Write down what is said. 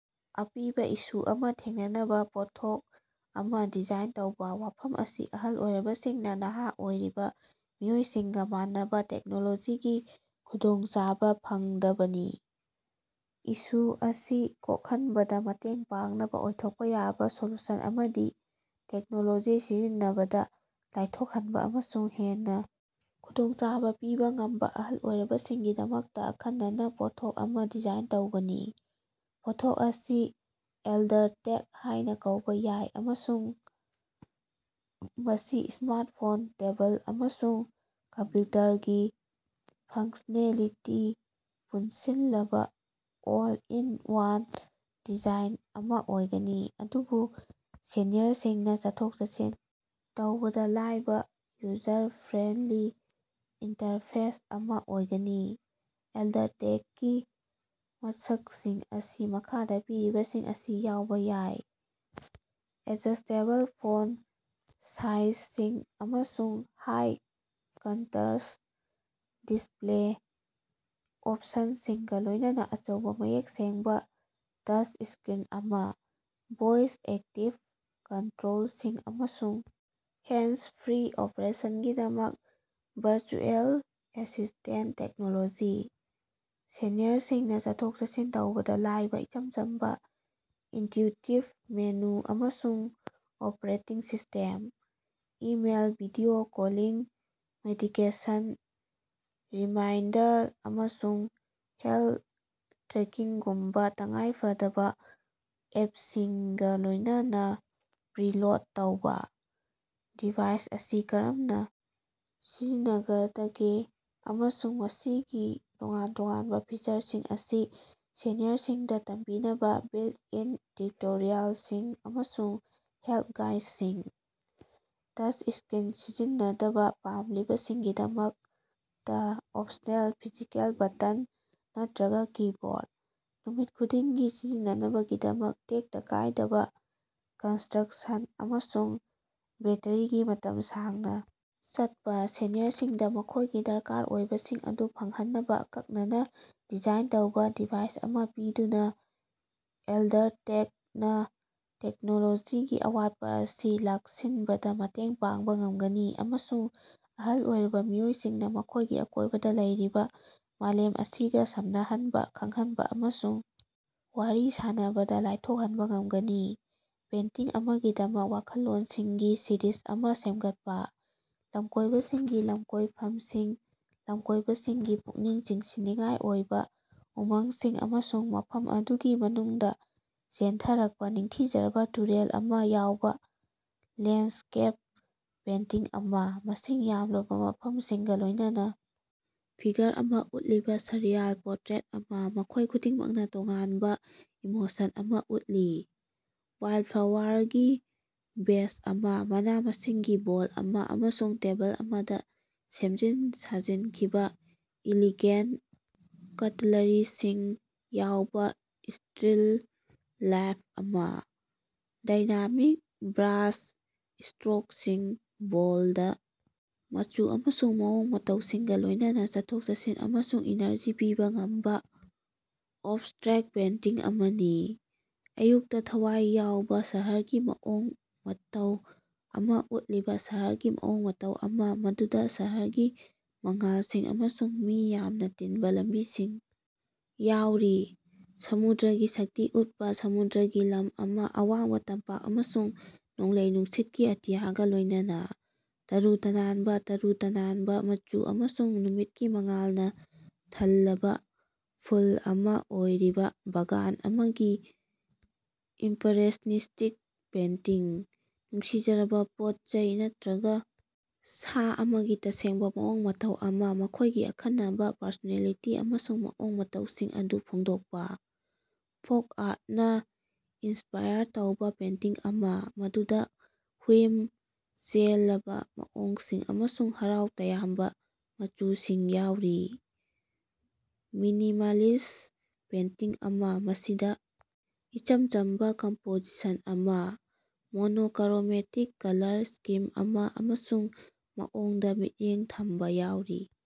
ꯑꯄꯤꯕ ꯏꯁꯨ ꯑꯃ ꯊꯦꯡꯅꯅꯕ ꯄꯣꯠꯊꯣꯛ ꯑꯃ ꯗꯤꯖꯥꯏꯟ ꯇꯧꯕ꯫ ꯋꯥꯐꯝ ꯑꯁꯤ ꯑꯍꯜ ꯑꯣꯏꯔꯕꯁꯤꯡꯅ ꯅꯍꯥ ꯑꯣꯏꯔꯤꯕ ꯃꯤꯑꯣꯏꯁꯤꯡꯒꯥ ꯃꯥꯟꯅꯕ ꯇꯦꯛꯅꯣꯂꯣꯖꯤꯒꯤ ꯈꯨꯗꯣꯡꯆꯥꯕ ꯐꯪꯗꯕꯅꯤ꯫ ꯏꯁꯨ ꯑꯁꯤ ꯀꯣꯛꯍꯟꯕꯗ ꯃꯇꯦꯡ ꯄꯥꯡꯅꯕ ꯑꯣꯏꯊꯣꯛꯄ ꯌꯥꯕ ꯁꯣꯂꯨꯁꯟ ꯑꯃꯗꯤ ꯇꯦꯛꯅꯣꯂꯣꯖꯤ ꯁꯤꯖꯤꯟꯅꯕꯗ ꯂꯥꯏꯊꯣꯛꯍꯟꯕ ꯑꯃꯁꯨꯡ ꯍꯦꯟꯅ ꯈꯨꯗꯣꯡꯆꯥꯕ ꯄꯤꯕ ꯉꯝꯕ ꯑꯍꯜ ꯑꯣꯏꯔꯕꯁꯤꯡꯒꯤꯗꯃꯛꯇ ꯑꯈꯟꯅꯅ ꯄꯣꯠꯊꯣꯛ ꯑꯃ ꯗꯤꯖꯥꯏꯟ ꯇꯧꯕꯅꯤ꯫ ꯄꯣꯠꯊꯣꯛ ꯑꯁꯤ ꯑꯦꯜꯗꯔꯇꯦꯛ ꯍꯥꯏꯅ ꯀꯧꯕ ꯌꯥꯏ ꯑꯃꯁꯨꯡ ꯃꯁꯤ ꯁ꯭ꯃꯥꯔꯠꯐꯣꯟ, ꯇꯦꯕꯜ, ꯑꯃꯁꯨꯡ ꯀꯝꯄ꯭ꯌꯨꯇꯔꯒꯤ ꯐꯪꯁꯅꯦꯂꯤꯇꯤ ꯄꯨꯟꯁꯤꯜꯂꯕ ꯑꯣꯜ ꯏꯟ ꯋꯥꯟ ꯗꯤꯖꯥꯢꯟ ꯑꯃꯥ ꯑꯣꯏꯒꯅꯤ, ꯑꯗꯨꯕꯨ ꯁꯦꯅꯤꯌꯔꯁꯤꯡꯅ ꯆꯠꯊꯣꯛ-ꯆꯠꯁꯤꯟ ꯇꯧꯕꯗ ꯂꯥꯏꯕ ꯌꯨꯖꯔ ꯐ꯭ꯔꯦꯟꯂꯤ ꯏꯟꯇꯔꯐꯦꯁ ꯑꯃꯥ ꯑꯣꯏꯒꯅꯤ꯫ ꯑꯦꯜꯗꯔꯇꯦꯛꯀꯤ ꯃꯁꯛꯁꯤꯡ ꯑꯁꯤ ꯃꯈꯥꯗ ꯄꯤꯔꯤꯕꯁꯤꯡ ꯑꯁꯤ ꯌꯥꯎꯕ ꯌꯥꯏ: ꯑꯦꯗꯖꯁ꯭ꯇꯦꯕꯜ ꯐꯣꯟ ꯁꯥꯏꯖꯁꯤꯡ ꯑꯃꯁꯨꯡ ꯍꯥꯏ ꯀꯟꯇꯔꯁ꯭ꯠ ꯗꯤꯁꯄꯂꯦ ꯑꯣꯞꯁꯟꯁꯤꯡꯒ ꯂꯣꯏꯅꯅ ꯑꯆꯧꯕ, ꯃꯌꯦꯛ ꯁꯦꯡꯕ ꯇꯆ ꯁ꯭ꯀꯔꯤꯟ ꯑꯃ꯫ ꯚꯣꯏꯁ-ꯑꯦꯛꯇꯤꯕ ꯀꯟꯇꯔꯣꯜꯁꯤꯡ ꯑꯃꯁꯨꯡ ꯍꯦꯟꯗꯁ-ꯐ꯭ꯔꯤ ꯑꯣꯄꯔꯦꯁꯟꯒꯤꯗꯃꯛ ꯚꯔꯆꯨꯑꯦꯜ ꯑꯦꯁꯤꯁ꯭ꯇꯦꯟ ꯇꯦꯛꯅꯣꯂꯣꯖꯤ꯫ ꯁꯦꯅꯤꯌꯔꯁꯤꯡꯅ ꯆꯠꯊꯣꯛ-ꯆꯠꯁꯤꯟ ꯇꯧꯕꯗ ꯂꯥꯏꯕ ꯏꯆꯝ ꯆꯝꯕ, ꯏꯟꯇ꯭ꯌꯨꯇꯤꯕ ꯃꯦꯅꯨ ꯑꯃꯁꯨꯡ operating system. Email, video calling, medication reminder ꯑꯃꯁꯨꯡ ꯍꯦꯜꯠ ꯇ꯭ꯔꯦꯀꯤꯡꯒꯨꯝꯕ ꯇꯉꯥꯏ ꯐꯗꯕ ꯑꯦꯞꯁꯤꯡꯒ ꯂꯣꯏꯅꯅ ꯄ꯭ꯔꯤꯂꯣꯗ ꯇꯧꯕ꯫ ꯗꯤꯚꯥꯏꯁ ꯑꯁꯤ ꯀꯔꯝꯅ ꯁꯤꯖꯤꯟꯅꯒꯗꯒꯦ ꯑꯃꯁꯨꯡ ꯃꯁꯤꯒꯤ ꯇꯣꯉꯥꯟ ꯇꯣꯉꯥꯟꯕ ꯐꯤꯆꯔꯁꯤꯡ ꯑꯁꯤ ꯁꯦꯅꯤꯌꯔꯁꯤꯡꯗ ꯇꯝꯕꯤꯅꯕ ꯕꯤꯜꯠ-ꯏꯟ ꯇꯤꯎꯇꯣꯔꯤꯌꯥꯜꯁꯤꯡ ꯑꯃꯁꯨꯡ ꯍꯦꯜꯞ ꯒꯥꯏꯗꯁꯤꯡ꯫ ꯇꯆ ꯁ꯭ꯀꯔꯤꯟ ꯁꯤꯖꯤꯟꯅꯗꯕ ꯄꯥꯝꯂꯤꯕꯁꯤꯡꯒꯤꯗꯃꯛꯇ ꯑꯣꯞꯁꯅꯦꯜ ꯐꯤꯖꯤꯀꯦꯜ ꯕꯇꯟ ꯅꯠꯇꯔꯒ ꯀꯤꯕꯣꯔꯠ꯫ ꯅꯨꯃꯤꯠ ꯈꯨꯗꯤꯡꯒꯤ ꯁꯤꯖꯤꯟꯅꯅꯕꯒꯤꯗꯃꯛ ꯇꯦꯛꯇ ꯀꯥꯏꯗꯕ ꯀꯟꯁꯇ꯭ꯔꯛꯁꯟ ꯑꯃꯁꯨꯡ ꯕꯦꯠꯇꯔꯤꯒꯤ ꯃꯇꯝ ꯁꯥꯡꯅ ꯆꯠꯄ꯫ ꯁꯦꯅꯤꯌꯔꯁꯤꯡꯗ ꯃꯈꯣꯏꯒꯤ ꯗꯔꯀꯥꯔ ꯑꯣꯏꯕꯁꯤꯡ ꯑꯗꯨ ꯐꯪꯍꯟꯅꯕ ꯑꯀꯛꯅꯅ ꯗꯤꯖꯥꯏꯟ ꯇꯧꯕ ꯗꯤꯚꯥꯏꯁ ꯑꯃꯥ ꯄꯤꯗꯨꯅ, ꯑꯦꯜꯗꯔꯇꯦꯛꯅ ꯇꯦꯛꯅꯣꯂꯣꯖꯤꯒꯤ ꯑꯋꯥꯠꯄ ꯑꯁꯤ ꯂꯥꯛꯁꯤꯟꯕꯗ ꯃꯇꯦꯡ ꯄꯥꯡꯕ ꯉꯝꯒꯅꯤ ꯑꯃꯁꯨꯡ ꯑꯍꯜ ꯑꯣꯏꯔꯕ ꯃꯤꯑꯣꯏꯁꯤꯡꯅ ꯃꯈꯣꯏꯒꯤ ꯑꯀꯣꯏꯕꯗ ꯂꯩꯔꯤꯕ ꯃꯥꯂꯦꯝ ꯑꯁꯤꯒ ꯁꯝꯅꯍꯟꯕ, ꯈꯪꯍꯟꯕ ꯑꯃꯁꯨꯡ ꯋꯥꯔꯤ ꯁꯥꯅꯕꯗ ꯂꯥꯏꯊꯣꯛꯍꯟꯕ ꯉꯝꯒꯅꯤ꯫ ꯄꯦꯟꯇꯤꯡ ꯑꯃꯒꯤꯗꯃꯛ ꯋꯥꯈꯜꯂꯣꯟꯁꯤꯡꯒꯤ ꯁꯤꯔꯤꯖ ꯑꯃꯥ ꯁꯦꯝꯒꯠꯄꯥ꯫ ꯂꯝꯀꯣꯏꯕꯁꯤꯡꯒꯤ ꯂꯝꯀꯣꯏꯐꯝꯁꯤꯡ, ꯂꯝꯀꯣꯏꯕꯁꯤꯡꯒꯤ ꯄꯨꯛꯅꯤꯡ ꯆꯤꯡꯁꯤꯟꯅꯤꯡꯉꯥꯏ ꯑꯣꯏꯕ ꯎꯃꯪꯁꯤꯡ ꯑꯃꯁꯨꯡ ꯃꯐꯝ ꯑꯗꯨꯒꯤ ꯃꯅꯨꯡꯗ ꯆꯦꯟꯊꯔꯛꯄ ꯅꯤꯡꯊꯤꯖꯔꯕ ꯇꯨꯔꯦꯜ ꯑꯃꯥ ꯌꯥꯎꯕ ꯂꯦꯟꯠꯁ꯭ꯀꯦꯞ ꯄꯦꯟꯇꯤꯡ ꯑꯃꯥ꯫ ꯃꯁꯤꯡ ꯌꯥꯝꯂꯕ ꯃꯐꯝꯁꯤꯡꯒ ꯂꯣꯏꯅꯅ ꯐꯤꯒꯔ ꯑꯃꯥ ꯎꯠꯂꯤꯕ ꯁꯔꯤꯌꯥꯜ ꯄꯣꯇ꯭ꯔꯦꯠ ꯑꯃ, ꯃꯈꯣꯏ ꯈꯨꯗꯤꯡꯃꯛꯅ ꯇꯣꯉꯥꯟꯕ ꯏꯃꯣꯁꯟ ꯑꯃ ꯎꯠꯂꯤ꯫ ꯋꯥꯏꯜꯐ꯭ꯂꯥꯋꯥꯔꯒꯤ ꯚꯦꯖ ꯑꯃꯥ, ꯃꯅꯥ-ꯃꯁꯤꯡꯒꯤ ꯕꯣꯜ ꯑꯃ, ꯑꯃꯁꯨꯡ ꯇꯦꯕꯜ ꯑꯃꯗ ꯁꯦꯝꯖꯤꯟ ꯁꯥꯖꯤꯟꯈꯤꯕ ꯏꯂꯤꯒꯦꯟ ꯀꯇꯂꯔꯤꯁꯤꯡ ꯌꯥꯎꯕꯥ ꯁ꯭ꯇꯔꯤꯜ ꯂꯥꯏꯐ ꯑꯃꯥ꯫ ꯗꯥꯏꯅꯥꯃꯤꯛ ꯕ꯭ꯔꯥꯁ ꯁ꯭ꯇꯔꯣꯛꯁꯤꯡ, ꯕꯣꯜꯗ ꯃꯆꯨ ꯑꯃꯁꯨꯡ ꯃꯑꯣꯡ ꯃꯇꯧꯁꯤꯡꯒ ꯂꯣꯏꯅꯅ ꯆꯠꯊꯣꯛ-ꯆꯠꯁꯤꯟ ꯑꯃꯁꯨꯡ ꯏꯅꯔꯖꯤ ꯄꯤꯕ ꯉꯝꯕ ꯑꯣꯕꯁ꯭ꯇꯔꯦꯛꯇ ꯄꯦꯟꯇꯤꯡ ꯑꯃꯅꯤ꯫ ꯑꯌꯨꯛꯇ ꯊꯋꯥꯏ ꯌꯥꯎꯕ ꯁꯍꯔꯒꯤ ꯃꯑꯣꯡ ꯃꯇꯧ ꯑꯃꯥ ꯎꯠꯂꯤꯕ ꯁꯍꯔꯒꯤ ꯃꯑꯣꯡ ꯃꯇꯧ ꯑꯃꯥ, ꯃꯗꯨꯗ ꯁꯍꯔꯒꯤ ꯃꯉꯥꯜꯁꯤꯡ ꯑꯃꯁꯨꯡ ꯃꯤ ꯌꯥꯝꯅ ꯇꯤꯟꯕ ꯂꯝꯕꯤꯁꯤꯡ ꯌꯥꯎꯔꯤ꯫ ꯁꯃꯨꯗ꯭ꯔꯒꯤ ꯁꯛꯇꯤ ꯎꯠꯄ ꯁꯃꯨꯗ꯭ꯔꯒꯤ ꯂꯝ ꯑꯃꯥ, ꯑꯋꯥꯡꯕ ꯇꯝꯄꯥꯛ ꯑꯃꯁꯨꯡ ꯅꯣꯡꯂꯩ ꯅꯨꯡꯁꯤꯠꯀꯤ ꯑꯇꯤꯌꯥꯒ ꯂꯣꯏꯅꯅꯥ꯫ ꯇꯔꯨ ꯇꯅꯥꯟꯕ, ꯇꯔꯨ ꯇꯅꯥꯟꯕ ꯃꯆꯨ ꯑꯃꯁꯨꯡ ꯅꯨꯃꯤꯠꯀꯤ ꯃꯉꯥꯜꯅ ꯊꯜꯂꯕ ꯐꯨꯜ ꯑꯃꯥ ꯑꯣꯏꯔꯤꯕꯥ ꯕꯥꯒꯥꯟ ꯑꯃꯒꯤ ꯏꯝꯄꯔꯦꯁꯅꯤꯁ꯭ꯇꯤꯛ ꯄꯦꯟꯇꯤꯡ꯫ ꯅꯨꯡꯁꯤꯖꯔꯕ ꯄꯣꯠꯆꯩ ꯅꯠꯇꯔꯒ ꯁꯥ ꯑꯃꯒꯤ ꯇꯁꯦꯡꯕ ꯃꯑꯣꯡ ꯃꯇꯧ ꯑꯃꯥ, ꯃꯈ‌ꯣꯏꯒꯤ ꯑꯈꯟꯅꯕ ꯄꯔꯁꯣꯅꯦꯂꯤꯇꯤ ꯑꯃꯁꯨꯡ ꯃꯑꯣꯡ ꯃꯇꯧꯁꯤꯡ ꯑꯗꯨ ꯐꯣꯡꯗꯣꯛꯄ꯫ ꯐꯣꯛ ꯑꯥꯔꯠꯅ ꯏꯟꯁꯄꯥꯏꯔ ꯇꯧꯕ ꯄꯦꯟꯇꯤꯡ ꯑꯃꯥ, ꯃꯗꯨꯗ ꯍꯨꯏꯝ ꯆꯦꯜꯂꯕ ꯃꯑꯣꯡꯁꯤꯡ ꯑꯃꯁꯨꯡ ꯍꯔꯥꯎ ꯇꯌꯥꯝꯕ ꯃꯆꯨꯁꯤꯡ ꯌꯥꯎꯔꯤ꯫ ꯃꯤꯅꯤꯃꯥꯂꯤꯁ ꯄꯦꯟꯇꯤꯡ ꯑꯃ, ꯃꯁꯤꯗ ꯏꯆꯝ ꯆꯝꯕ ꯀꯝꯄꯣꯖꯤꯁꯟ ꯑꯃ, ꯃꯣꯅꯣꯀꯔꯣꯃꯦꯇꯤꯛ ꯀꯂꯔ ꯁ꯭ꯀꯤꯝ ꯑꯃ, ꯑꯃꯁꯨꯡ ꯃꯑꯣꯡꯗ ꯃꯤꯠꯌꯦꯡ ꯊꯝꯕ ꯌꯥꯎꯔꯤ꯫